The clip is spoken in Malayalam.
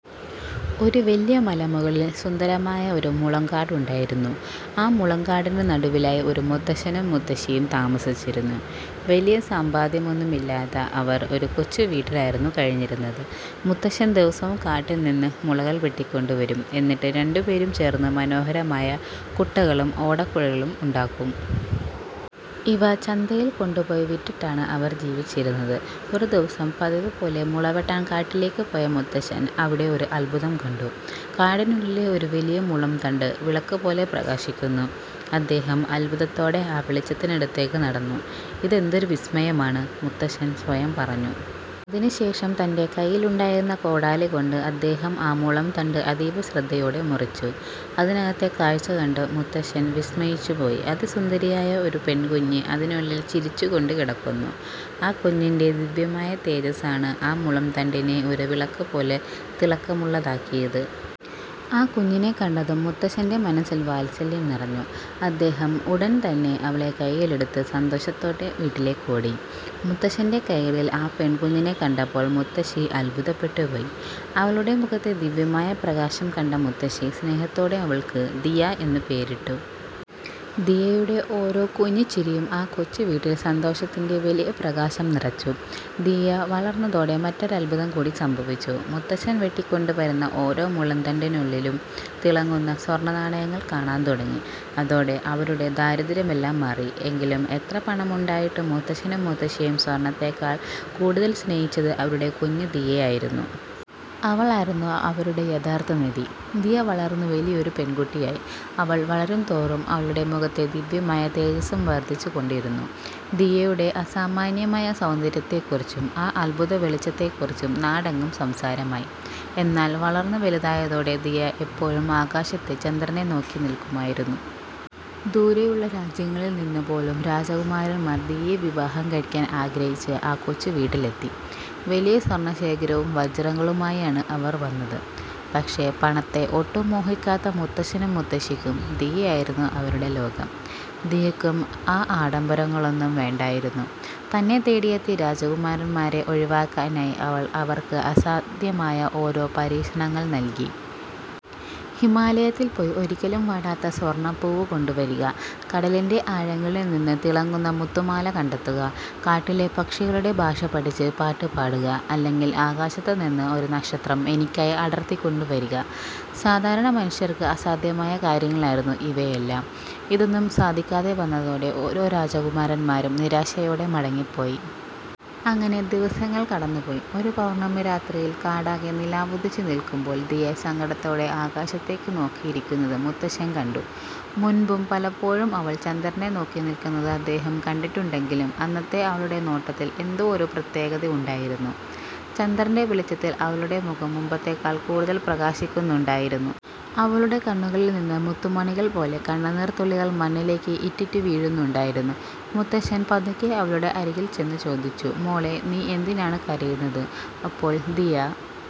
ഒരു വലിയ മലമുകളിൽ സുന്ദരമായ ഒരു മുളംകാടുണ്ടായിരുന്നു. ആ മുളംകാടിന് നടുവിലായി ഒരു മുത്തശ്ശനും മുത്തശ്ശിയും താമസിച്ചിരുന്നു. വലിയ സമ്പാദ്യമൊന്നുമില്ലാത്ത അവർ ഒരു കൊച്ചു വീട്ടിലായിരുന്നു കഴിഞ്ഞിരുന്നത്. മുത്തശ്ശൻ ദിവസവും കാട്ടിൽ നിന്ന് മുളകൾ വെട്ടിക്കൊണ്ടുവരും. എന്നിട്ട് രണ്ടുപേരും ചേർന്ന് മനോഹരമായ കുട്ടകളും ഓടക്കുഴലുകളും ഉണ്ടാക്കും. ഇവ ചന്തയിൽ കൊണ്ടുപോയി വിറ്റാണ് അവർ ജീവിച്ചിരുന്നത്. ഒരു ദിവസം പതിവു പോലെ മുള വെട്ടാൻ കാട്ടിലേക്ക് പോയ മുത്തശ്ശൻ അവിടെ ഒരു അത്ഭുതം കണ്ടു. കാടിനുള്ളിലെ ഒരു വലിയ മുളംതണ്ട് വിളക്കുപോലെ പ്രകാശിക്കുന്നു. അദ്ദേഹം അത്ഭുതത്തോടെ ആ വെളിച്ചത്തിനടുത്തേക്ക് നടന്നു. "ഇതെന്തൊരു വിസ്മയമാണ്! " മുത്തശ്ശൻ സ്വയം പറഞ്ഞു. അതിനു ശേഷം തന്റെ കയ്യിലുണ്ടായിരുന്ന കോടാലി കൊണ്ട് അദ്ദേഹം ആ മുളംതണ്ട് അതീവ ശ്രദ്ധയോടെ മുറിച്ചു. അതിനകത്തെ കാഴ്ച കണ്ട് മുത്തശ്ശൻ വിസ്മയിച്ചു പോയി. അതിസുന്ദരിയായ ഒരു പെൺകുഞ്ഞ് അതിനുള്ളിൽ ചിരിച്ചുകൊണ്ട് കിടക്കുന്നു. ആ കുഞ്ഞിന്റെ ദിവ്യമായ തേജസ്സാണ് ആ മുളംതണ്ടിനെ ഒരു വിളക്കു പോലെ തിളക്കമുള്ളതാക്കിയത്. ആ കുഞ്ഞിനെ കണ്ടതും മുത്തശ്ശന്റെ മനസ്സിൽ വാത്സല്യം നിറഞ്ഞു. അദ്ദേഹം ഉടൻതന്നെ അവളെ കൈയിലെടുത്ത് സന്തോഷത്തോടെ വീട്ടിലേക്ക് ഓടി. മുത്തശ്ശന്റെ കൈകളിൽ ആ പെൺകുഞ്ഞിനെ കണ്ടപ്പോൾ മുത്തശ്ശി അത്ഭുതപ്പെട്ടു പോയി. അവളുടെ മുഖത്തെ ദിവ്യമായ പ്രകാശം കണ്ട മുത്തശ്ശി, സ്നേഹത്തോടെ അവൾക്ക് 'ദിയ' എന്ന് പേരിട്ടു. ദിയയുടെ ഓരോ കുഞ്ഞുചിരിയും ആ കൊച്ചു വീട്ടിൽ സന്തോഷത്തിന്റെ വലിയ പ്രകാശം നിറച്ചു. ദിയ വളർന്നതോടെ മറ്റൊരു അത്ഭുതം കൂടി സംഭവിച്ചു. മുത്തശ്ശൻ വെട്ടിക്കൊണ്ടുവരുന്ന ഓരോ മുളന്തണ്ടിനുള്ളിലും തിളങ്ങുന്ന സ്വർണനാണയങ്ങൾ കാണാൻ തുടങ്ങി! അതോടെ അവരുടെ ദാരിദ്ര്യമെല്ലാം മാറി. എങ്കിലും എത്ര പണമുണ്ടായിട്ടും മുത്തശ്ശനും മുത്തശ്ശിയും സ്വർണത്തേക്കാൾ കൂടുതൽ സ്നേഹിച്ചത് അവരുടെ കുഞ്ഞു ദിയയെ ആയിരുന്നു. അവളായിരുന്നു അവരുടെ യഥാർത്ഥ നിധി. ദിയ വളർന്നു വലിയൊരു പെൺകുട്ടിയായി. അവൾ വളരും തോറും അവളുടെ മുഖത്തെ ദിവ്യമായ തേജസ്സും വർദ്ധിച്ചു കൊണ്ടിരുന്നു. ദിയയുടെ അസാമാന്യമായ സൗന്ദര്യത്തെക്കുറിച്ചും ആ അത്ഭുത വെളിച്ചത്തെക്കുറിച്ചും നാടെങ്ങും സംസാരമായി. എന്നാൽ വളർന്നു വലുതായതോടെ ദിയ എപ്പോഴും ആകാശത്തെ ചന്ദ്രനെ നോക്കി നിൽക്കുമായിരുന്നു. ദൂരെയുള്ള രാജ്യങ്ങളിൽ നിന്നു പോലും രാജകുമാരന്മാർ ദിയയെ വിവാഹം കഴിക്കാൻ ആഗ്രഹിച്ച് ആ കൊച്ചു വീട്ടിലെത്തി. വലിയ സ്വർണ്ണശേഖരവും വജ്രങ്ങളുമായാണ് അവർ വന്നത്. പക്ഷേ, പണത്തെ ഒട്ടും മോഹിക്കാത്ത മുത്തശ്ശനും മുത്തശ്ശിക്കും ദിയയായിരുന്നു അവരുടെ ലോകം. ദിയയ്ക്കും ആ ആഡംബരങ്ങളൊന്നും വേണ്ടായിരുന്നു. തന്നെ തേടിയെത്തിയ രാജകുമാരന്മാരെ ഒഴിവാക്കാനായി അവൾ അവർക്ക് അസാധ്യമായ ഓരോ പരീക്ഷണങ്ങൾ നൽകി. "ഹിമാലയത്തിൽ പോയി ഒരിക്കലും വാടാത്ത സ്വർണ്ണപ്പൂവ് കൊണ്ടുവരിക, കടലിന്റെ ആഴങ്ങളിൽ നിന്ന് തിളങ്ങുന്ന മുത്തുമാല കണ്ടെത്തുക, കാട്ടിലെ പക്ഷികളുടെ ഭാഷ പഠിച്ച് പാട്ടുപാടുക, അല്ലെങ്കിൽ ആകാശത്തു നിന്ന് ഒരു നക്ഷത്രം എനിക്കായി അടർത്തി കൊണ്ടു വരിക. " സാധാരണ മനുഷ്യർക്ക് അസാധ്യമായ കാര്യങ്ങളായിരുന്നു ഇവയെല്ലാം. ഇതൊന്നും സാധിക്കാതെ വന്നതോടെ ഓരോ രാജകുമാരന്മാരും നിരാശയോടെ മടങ്ങിപ്പോയി. അങ്ങനെ ദിവസങ്ങൾ കടന്നു പോയി. ഒരു പൗർണമി രാത്രിയിൽ, കാടാകെ നിലാവുദിച്ചു നിൽക്കുമ്പോൾ ദിയ സങ്കടത്തോടെ ആകാശത്തേക്ക് നോക്കിയിരിക്കുന്നത് മുത്തശ്ശൻ കണ്ടു. മുൻപും പലപ്പോഴും അവൾ ചന്ദ്രനെ നോക്കി നിൽക്കുന്നത് അദ്ദേഹം കണ്ടിട്ടുണ്ടെങ്കിലും, അന്നത്തെ അവളുടെ നോട്ടത്തിൽ എന്തോ ഒരു പ്രത്യേകത ഉണ്ടായിരുന്നു. ചന്ദ്രന്റെ വെളിച്ചത്തിൽ അവളുടെ മുഖം മുമ്പത്തേക്കാൾ കൂടുതൽ പ്രകാശിക്കുന്നുണ്ടായിരുന്നു. അവളുടെ കണ്ണുകളിൽ നിന്ന് മുത്തുമണികൾ പോലെ കണ്ണുനീർ തുള്ളികൾ മണ്ണിലേക്ക് ഇറ്റിറ്റു വീഴുന്നുണ്ടായിരുന്നു. മുത്തശ്ശൻ പതുക്കെ അവളുടെ അരികിൽ ചെന്ന് ചോദിച്ചു: "മോളേ, നീ എന്തിനാണ് കരയുന്നത്? " അപ്പോൾ ദിയ